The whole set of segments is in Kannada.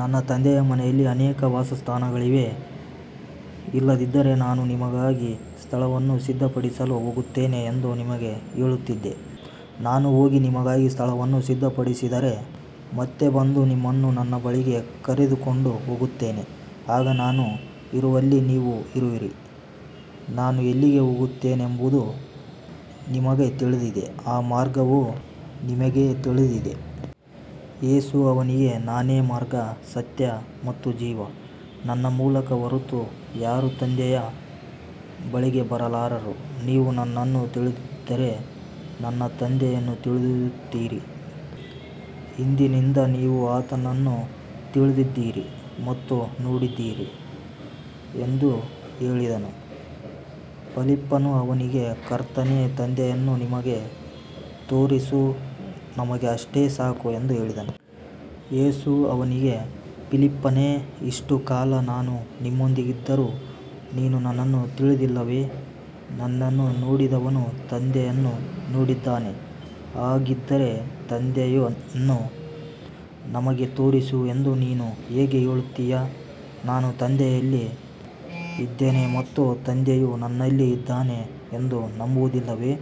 ನನ್ನ ತಂದೆಯ ಮನೆಯಲ್ಲಿ ಅನೇಕ ವಾಸಸ್ಥಾನಗಳಿವೆ. ಇಲ್ಲದಿದ್ದರೆ ನಾನು ನಿಮಗಾಗಿ ಸ್ಥಳವನ್ನು ಸಿದ್ಧಪಡಿಸಲು ಹೋಗುತ್ತೇನೆ ಎಂದು ನಿಮಗೆ ಹೇಳುತ್ತಿದ್ದೆ. ನಾನು ಹೋಗಿ ನಿಮಗಾಗಿ ಸ್ಥಳವನ್ನು ಸಿದ್ಧಪಡಿಸಿದರೆ ಮತ್ತೆ ಬಂದು ನಿಮ್ಮನ್ನು ನನ್ನ ಬಳಿಗೆ ಕರೆದುಕೊಂಡು ಹೋಗುತ್ತೇನೆ, ಆಗ ನಾನು ಇರುವಲ್ಲಿ ನೀವೂ ಇರುವಿರಿ. ನಾನು ಎಲ್ಲಿಗೆ ಹೋಗುತ್ತೇನೆಂಬುದು ನಿಮಗೆ ತಿಳಿದಿದೆ, ಆ ಮಾರ್ಗವೂ ನಿಮಗೆ ತಿಳಿದಿದೆ. ಯೇಸು ಅವನಿಗೆ, ನಾನೇ ಮಾರ್ಗ, ಸತ್ಯ ಮತ್ತು ಜೀವ. ನನ್ನ ಮೂಲಕ ಹೊರತು ಯಾರೂ ತಂದೆಯ ಬಳಿಗೆ ಬರಲಾರರು. ನೀವು ನನ್ನನ್ನು ತಿಳಿದಿದ್ದರೆ ನನ್ನ ತಂದೆಯನ್ನೂ ತಿಳಿದಿರುತ್ತಿದ್ದಿರಿ. ಇಂದಿನಿಂದ ನೀವು ಆತನನ್ನು ತಿಳಿದಿದ್ದೀರಿ ಮತ್ತು ನೋಡಿದ್ದೀರಿ ಎಂದು ಹೇಳಿದನು. ಫಿಲಿಪ್ಪನು ಅವನಿಗೆ, ಕರ್ತನೇ, ತಂದೆಯನ್ನು ನಮಗೆ ತೋರಿಸು, ನಮಗೆ ಅಷ್ಟೇ ಸಾಕು ಎಂದು ಹೇಳಿದನು. ಯೇಸು ಅವನಿಗೆ, ಫಿಲಿಪ್ಪನೇ, ಇಷ್ಟು ಕಾಲ ನಾನು ನಿಮ್ಮೊಂದಿಗಿದ್ದರೂ ನೀನು ನನ್ನನ್ನು ತಿಳಿದಿಲ್ಲವೇ? ನನ್ನನ್ನು ನೋಡಿದವನು ತಂದೆಯನ್ನು ನೋಡಿದ್ದಾನೆ. ಹಾಗಿದ್ದರೆ ತಂದೆಯನ್ನು ನಮಗೆ ತೋರಿಸು ಎಂದು ನೀನು ಹೇಗೆ ಹೇಳುತ್ತೀಯೆ? ನಾನು ತಂದೆಯಲ್ಲಿ ಇದ್ದೇನೆ ಮತ್ತು ತಂದೆಯು ನನ್ನಲ್ಲಿ ಇದ್ದಾನೆ ಎಂದು ನಂಬುವುದಿಲ್ಲವೇ?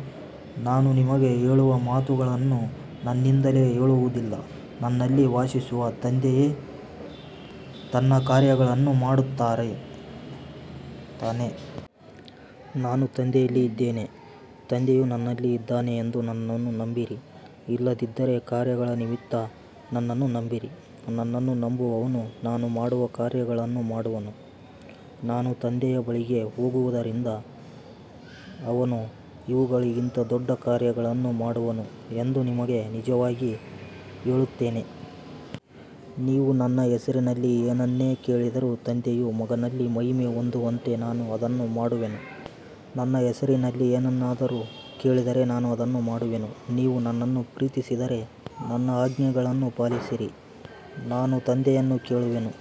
ನಾನು ನಿಮಗೆ ಹೇಳುವ ಮಾತುಗಳನ್ನು ನನ್ನಿಂದಲೇ ಹೇಳುವುದಿಲ್ಲ, ನನ್ನಲ್ಲಿ ವಾಸಿಸುವ ತಂದೆಯೇ ತನ್ನ ಕಾರ್ಯಗಳನ್ನು ಮಾಡುತ್ತಾನೆ. ನಾನು ತಂದೆಯಲ್ಲಿ ಇದ್ದೇನೆ, ತಂದೆಯು ನನ್ನಲ್ಲಿ ಇದ್ದಾನೆ ಎಂದು ನನ್ನನ್ನು ನಂಬಿರಿ, ಇಲ್ಲದಿದ್ದರೆ ಕಾರ್ಯಗಳ ನಿಮಿತ್ತ ನನ್ನನ್ನು ನಂಬಿರಿ. ನನ್ನನ್ನು ನಂಬುವವನು ನಾನು ಮಾಡುವ ಕಾರ್ಯಗಳನ್ನು ಮಾಡುವನು, ನಾನು ತಂದೆಯ ಬಳಿಗೆ ಹೋಗುವುದರಿಂದ ಅವನು ಇವುಗಳಿಗಿಂತ ದೊಡ್ಡ ಕಾರ್ಯಗಳನ್ನು ಮಾಡುವನು ಎಂದು ನಿಮಗೆ ನಿಜವಾಗಿ ಹೇಳುತ್ತೇನೆ. ನೀವು ನನ್ನ ಹೆಸರಿನಲ್ಲಿ ಏನನ್ನೇ ಕೇಳಿದರೂ ತಂದೆಯು ಮಗನಲ್ಲಿ ಮಹಿಮೆ ಹೊಂದುವಂತೆ ನಾನು ಅದನ್ನು ಮಾಡುವೆನು. ನನ್ನ ಹೆಸರಿನಲ್ಲಿ ಏನನ್ನಾದರೂ ಕೇಳಿದರೆ ನಾನು ಅದನ್ನು ಮಾಡುವೆನು. ನೀವು ನನ್ನನ್ನು ಪ್ರೀತಿಸಿದರೆ ನನ್ನ ಆಜ್ಞೆಗಳನ್ನು ಪಾಲಿಸಿರಿ. ನಾನು ತಂದೆಯನ್ನು ಕೇಳುವೆನು,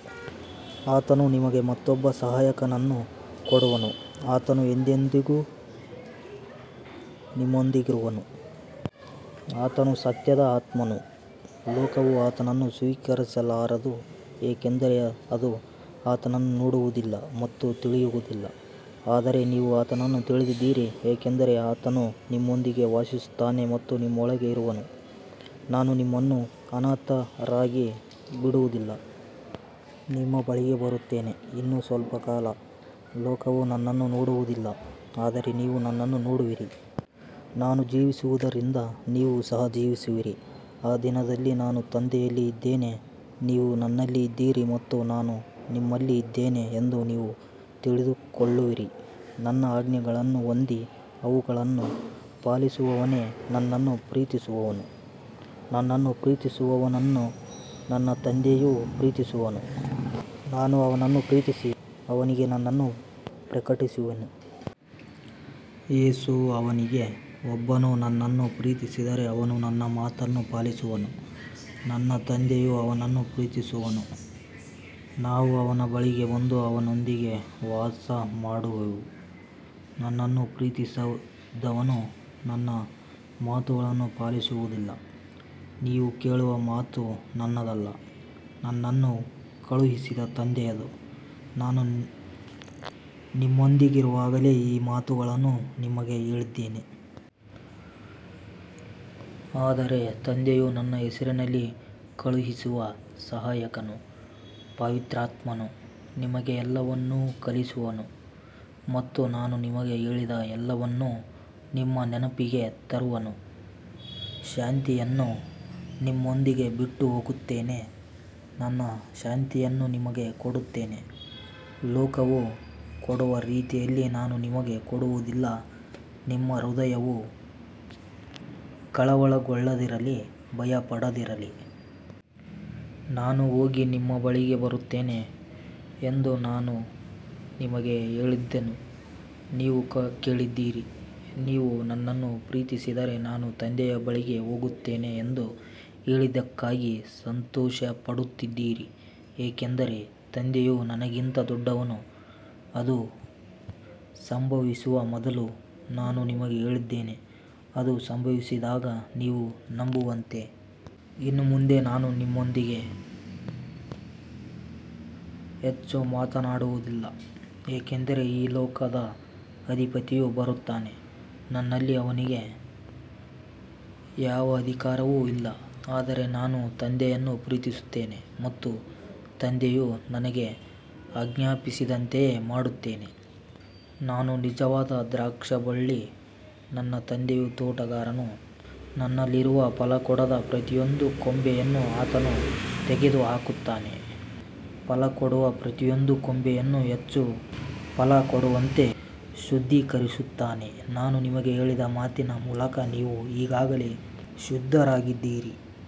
ಆತನು ನಿಮಗೆ ಮತ್ತೊಬ್ಬ ಸಹಾಯಕನನ್ನು ಕೊಡುವನು, ಆತನು ಎಂದೆಂದಿಗೂ ನಿಮ್ಮೊಂದಿಗಿರುವನು. ಆತನು ಸತ್ಯದ ಆತ್ಮನು. ಲೋಕವು ಆತನನ್ನು ಸ್ವೀಕರಿಸಲಾರದು, ಏಕೆಂದರೆ ಅದು ಆತನನ್ನು ನೋಡುವುದಿಲ್ಲ ಮತ್ತು ತಿಳಿಯುವುದಿಲ್ಲ. ಆದರೆ ನೀವು ಆತನನ್ನು ತಿಳಿದಿದ್ದೀರಿ, ಏಕೆಂದರೆ ಆತನು ನಿಮ್ಮೊಂದಿಗೆ ವಾಸಿಸುತ್ತಾನೆ ಮತ್ತು ನಿಮ್ಮೊಳಗೆ ಇರುವನು. ನಾನು ನಿಮ್ಮನ್ನು ಅನಾಥರಾಗಿ ಬಿಡುವುದಿಲ್ಲ, ನಿಮ್ಮ ಬಳಿಗೆ ಬರುತ್ತೇನೆ. ಇನ್ನೂ ಸ್ವಲ್ಪ ಕಾಲ, ಲೋಕವು ನನ್ನನ್ನು ನೋಡುವುದಿಲ್ಲ, ಆದರೆ ನೀವು ನನ್ನನ್ನು ನೋಡುವಿರಿ. ನಾನು ಜೀವಿಸುವುದರಿಂದ ನೀವು ಸಹ ಜೀವಿಸುವಿರಿ. ಆ ದಿನದಲ್ಲಿ ನಾನು ತಂದೆಯಲ್ಲಿ ಇದ್ದೇನೆ, ನೀವು ನನ್ನಲ್ಲಿ ಇದ್ದೀರಿ ಮತ್ತು ನಾನು ನಿಮ್ಮಲ್ಲಿ ಇದ್ದೇನೆ ಎಂದು ನೀವು ತಿಳಿದುಕೊಳ್ಳುವಿರಿ. ನನ್ನ ಆಜ್ಞೆಗಳನ್ನು ಹೊಂದಿ ಅವುಗಳನ್ನು ಪಾಲಿಸುವವನೇ ನನ್ನನ್ನು ಪ್ರೀತಿಸುವವನು. ನನ್ನನ್ನು ಪ್ರೀತಿಸುವವನನ್ನು ನನ್ನ ತಂದೆಯೂ ಪ್ರೀತಿಸುವನು, ನಾನು ಅವನನ್ನು ಪ್ರೀತಿಸಿ ಅವನಿಗೆ ನನ್ನನ್ನು ಪ್ರಕಟಿಸುವೆನು. ಯೇಸು ಅವನಿಗೆ, ಒಬ್ಬನು ನನ್ನನ್ನು ಪ್ರೀತಿಸಿದರೆ ಅವನು ನನ್ನ ಮಾತನ್ನು ಪಾಲಿಸುವನು. ನನ್ನ ತಂದೆಯು ಅವನನ್ನು ಪ್ರೀತಿಸುವನು, ನಾವು ಅವನ ಬಳಿಗೆ ಬಂದು ಅವನೊಂದಿಗೆ ವಾಸಮಾಡುವೆವು. ನನ್ನನ್ನು ಪ್ರೀತಿಸದವನು ನನ್ನ ಮಾತುಗಳನ್ನು ಪಾಲಿಸುವುದಿಲ್ಲ. ನೀವು ಕೇಳುವ ಮಾತು ನನ್ನದಲ್ಲ, ನನ್ನನ್ನು ಕಳುಹಿಸಿದ ತಂದೆಯದು. ನಾನು ನಿಮ್ಮೊಂದಿಗಿರುವಾಗಲೇ ಈ ಮಾತುಗಳನ್ನು ನಿಮಗೆ ಹೇಳಿದ್ದೇನೆ. ಆದರೆ ತಂದೆಯು ನನ್ನ ಹೆಸರಿನಲ್ಲಿ ಕಳುಹಿಸುವ ಸಹಾಯಕನು, ಪವಿತ್ರಾತ್ಮನು, ನಿಮಗೆ ಎಲ್ಲವನ್ನೂ ಕಲಿಸುವನು ಮತ್ತು ನಾನು ನಿಮಗೆ ಹೇಳಿದ ಎಲ್ಲವನ್ನೂ ನಿಮ್ಮ ನೆನಪಿಗೆ ತರುವನು. ಶಾಂತಿಯನ್ನು ನಿಮ್ಮೊಂದಿಗೆ ಬಿಟ್ಟುಹೋಗುತ್ತೇನೆ, ನನ್ನ ಶಾಂತಿಯನ್ನು ನಿಮಗೆ ಕೊಡುತ್ತೇನೆ. ಲೋಕವು ಕೊಡುವ ರೀತಿಯಲ್ಲಿ ನಾನು ನಿಮಗೆ ಕೊಡುವುದಿಲ್ಲ. ನಿಮ್ಮ ಹೃದಯವು ಕಳವಳಗೊಳ್ಳದಿರಲಿ, ಭಯಪಡದಿರಲಿ. ನಾನು ಹೋಗಿ ನಿಮ್ಮ ಬಳಿಗೆ ಬರುತ್ತೇನೆ ಎಂದು ನಾನು ನಿಮಗೆ ಹೇಳಿದ್ದನ್ನು ನೀವು ಕೇಳಿದ್ದೀರಿ. ನೀವು ನನ್ನನ್ನು ಪ್ರೀತಿಸಿದರೆ ನಾನು ತಂದೆಯ ಬಳಿಗೆ ಹೋಗುತ್ತೇನೆ ಎಂದು ಹೇಳಿದ್ದಕ್ಕಾಗಿ ಸಂತೋಷಪಡುತ್ತಿದ್ದಿರಿ, ಏಕೆಂದರೆ ತಂದೆಯು ನನಗಿಂತ ದೊಡ್ಡವನು. ಅದು ಸಂಭವಿಸುವ ಮೊದಲು ನಾನು ನಿಮಗೆ ಹೇಳಿದ್ದೇನೆ, ಅದು ಸಂಭವಿಸಿದಾಗ ನೀವು ನಂಬುವಂತೆ. ಇನ್ನು ಮುಂದೆ ನಾನು ನಿಮ್ಮೊಂದಿಗೆ ಹೆಚ್ಚು ಮಾತನಾಡುವುದಿಲ್ಲ, ಏಕೆಂದರೆ ಈ ಲೋಕದ ಅಧಿಪತಿಯು ಬರುತ್ತಾನೆ. ನನ್ನಲ್ಲಿ ಅವನಿಗೆ ಯಾವ ಅಧಿಕಾರವೂ ಇಲ್ಲ. ಆದರೆ ನಾನು ತಂದೆಯನ್ನು ಪ್ರೀತಿಸುತ್ತೇನೆ ಮತ್ತು ತಂದೆಯು ನನಗೆ ಆಜ್ಞಾಪಿಸಿದಂತೆಯೇ ಮಾಡುತ್ತೇನೆ. ನಾನು ನಿಜವಾದ ದ್ರಾಕ್ಷಿಬಳ್ಳಿ, ನನ್ನ ತಂದೆಯು ತೋಟಗಾರನು. ನನ್ನಲ್ಲಿರುವ ಫಲಕೊಡದ ಪ್ರತಿಯೊಂದು ಕೊಂಬೆಯನ್ನು ಆತನು ತೆಗೆದುಹಾಕುತ್ತಾನೆ, ಫಲಕೊಡುವ ಪ್ರತಿಯೊಂದು ಕೊಂಬೆಯನ್ನೂ ಹೆಚ್ಚು ಫಲಕೊಡುವಂತೆ ಶುದ್ಧೀಕರಿಸುತ್ತಾನೆ. ನಾನು ನಿಮಗೆ ಹೇಳಿದ ಮಾತಿನ ಮೂಲಕ ನೀವು ಈಗಾಗಲೇ ಶುದ್ಧರಾಗಿದ್ದೀರಿ.